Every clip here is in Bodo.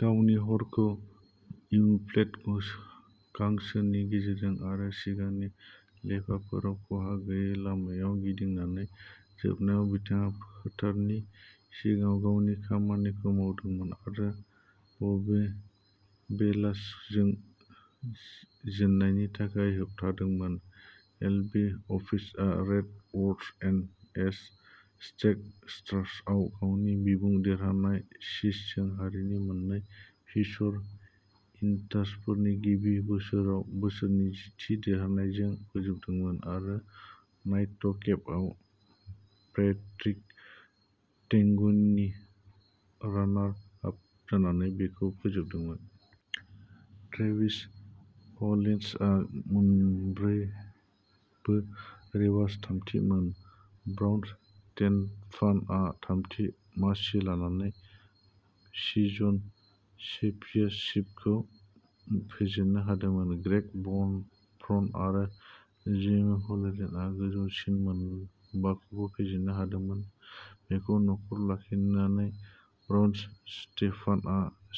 गावनि हरखौ, इनफिल्ड गांसोनि गेजेरजों आरो सिगांनि लेपफोराव खहा गैयै लामायाव गिदिंनानै। जोबनायाव बिथाङा फोथारनि सिगाङाव गावनि खामानिखौ मावदोंमोन, आरो बबी बेलार्जनखौ जेन्नायनि थाखाय होबथादोंमोन। एल्बी अभिटआ race parts N. H. Street स्टक्सआव गावनि बिमुं-देरहानाय सिजनखौ हरनि मोन्नै फीचर इभेन्टफोरनि गिबि बोसोराव बोसोरनि जिथि देरहानायजों फोजोबदोंमोन, आरो नाइटकेपआव पैट्रिक टेंगुएनि रानार-आप जानानै बेखौ फोजोबदोंमोन। ट्रेविस ह'लिन्सआ मोन्नैबो रेसाव थामथि मोन। ब्रायन डेस्टेफान'आ थामथि मासि लानानै सिजन चेम्पियनशिपखौ फेजेन्नो हादोंमोन, ग्रेग ब्रानन आरो जेमी ह'लेन्डआ गोजौसिन मोनबाखौ फेजेन्नो हादोंमोन। बेखौ नखराव लाखिनानै, ब्रायन डेस्टेफान'आ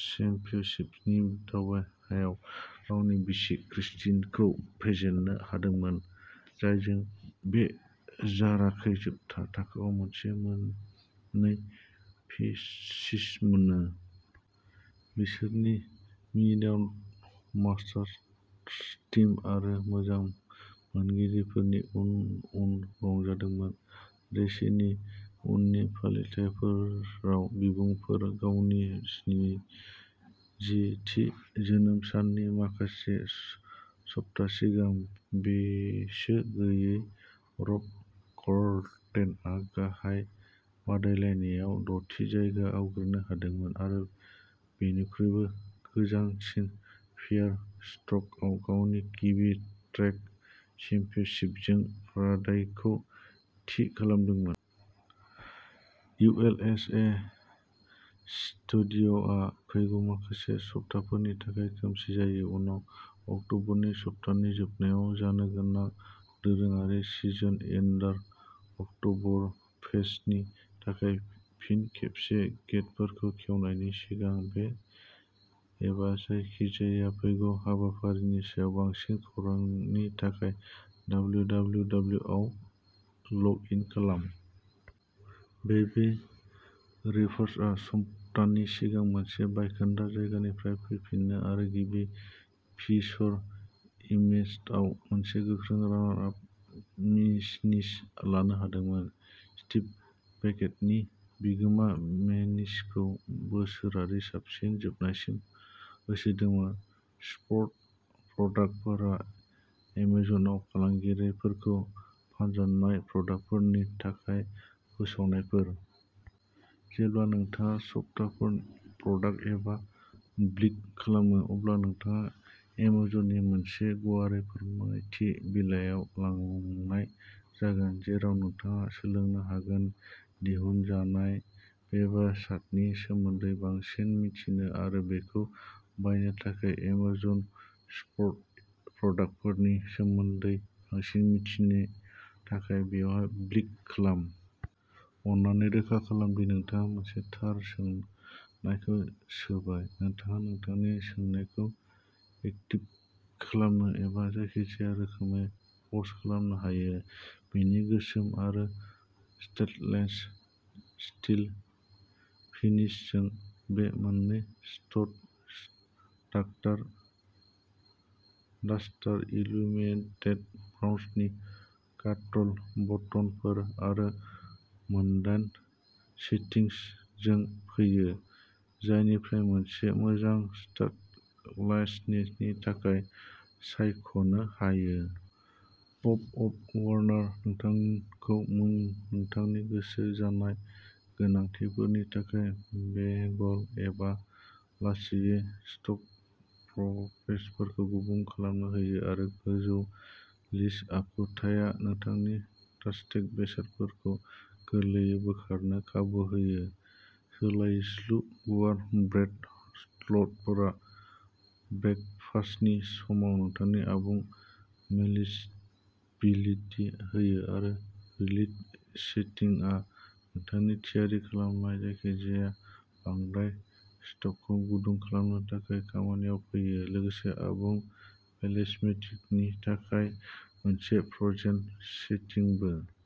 चेम्पियनशिप दावहायाव गावनि बिसि क्रिस्टिनखौ फेजेन्नो हादोंमोन, जायजों बे जराखौ जोबथा थाखोआव मोनसे-मोननै फिनिश मोनो। बिसोरनि मिडनाइट मटरस्प'र्ट्स टीम आरो मोजां मोनगिरिफोरा उन उन रंजादोंमोन। रेसनि उननि फालिथायफोराव बिमुंफोर। गावनि स्निजि थि जोनोम साननि माखासे सप्ता सिगां, बैसो गैयै रब कार्लेटनआ गाहाय बादायलायनायाव द'थि जायगा आवग्रिनो हादोंमोन, आरो बेनिख्रुइबो गोनांसिनै, प्य'र स्टक्सआव गावनि गिबि ट्रेक चेम्पियनशिपजों रादायखौ थि खालामदोंमोन। ली इउ. एस. ए. स्पीडवेआ फैगौ माखासे सप्ताफोरनि थाखाय खोमसि जायो, उनाव अक्ट'बरनि सप्तानि जोबनायाव जानो गोनां दोरोङारि सिजन-एन्डार, अकट'बरफेस्टनि थाखाय फिन खेबसे गेतफोरखौ खेवनायनि सिगां। बे एबा जायखिजाया फैगौ हाबाफारिनि सायाव बांसिन खौरांनि थाखाय, डब्ल्यू डब्ल्यू डब्ल्यू आव लग इन खालाम। बबी बेलार्ज'नआ सप्ताहनि सिगां मोनसे बायखोन्दा जायगानिफ्राय फैफिनो आरो गिबि फीचर इभेन्टआव मोनसे गोख्रों रानार-आप फिनिश लानो हादोंमोन, स्टीव पेक्वेटनि बिगोमा मेसिनखौ बोसोरनि साबसिन जोबनायसिम होसोदोंमोन। स्पन्सर्ड प्रडाक्टफोरा एमेजनआव फालांगियारिफोरजों फानजानाय प्रडाक्टफोरनि थाखाय फोसावनायफोर। जेब्ला नोंथाङा स्पन्सर्ड प्रडाक्ट एडआव क्लिक खालामो, अब्ला नोंथांखौ एमेजननि मोनसे गुवारै फोरमायथि बिलाइयाव लांनाय जागोन जेराव नोंथाङा सोलोंनो हागोन। दिहुनजानाय बेसादनि सोमोन्दै बांसिन मिथिनो आरो बेखौ बायनो थाखाय। एमेजन स्पन्सर्ड प्रडाक्टफोरनि सोमोन्दै बांसिन मिथिनो थाखाय, बेयाव क्लिक खालाम। अन्नानै रोखा खालाम दि नोंथाङा मोनसे थार सोंनायखौ सोबाय। नोंथाङा नोंथांनि सोंनायखौ एडिट खालामनो एबा जायखिजाया रोखोमै पस्ट खालामनो हायो। बेनि गोसोम आरो स्टेइनलेस स्टील फिनिशजों बे मोननै स्लट टस्टारआ इलुमिनेटेड ब्राउनिं कन्ट्रल बटनफोर आरो मोनदाइन सेटिंसजों फैयो, जायनिफ्राय मोनसे मोजां टास्ट स्लाइसनि थाखाय सायख'नो हायो। पप आप वार्मारआ नोंथांखौ नोंथांनि गोसो जानाय गोनांथिफोरनि थाखाय बेगेल एबा लासैयै टस्ट क्र'एसेन्टफोरखौ गुदुं खालामनो होयो आरो गोजौ लिफ्ट आखुथाया नोंथांनि टस्टेड बेसादफोरखौ गोरलैयै बोखारनो खाबु होयो। सोलायस्लु गुवार ब्रेड स्लटफोरा ब्रेकफास्टनि समाव नोंथांनो आबुं फ्लेक्सिबिलिटि होयो आरो रिहिट सेटिंआ नोंथाङा थियारि खालामनाय जायखिजाया बांद्राय टस्टखौ गुदुं खालामनो थाखाय खामानियाव फैयो, लोगोसे आबुं फ्लेक्सिबिलिटिनि थाखाय मोनसे फ्र'जेन सेटिंबो।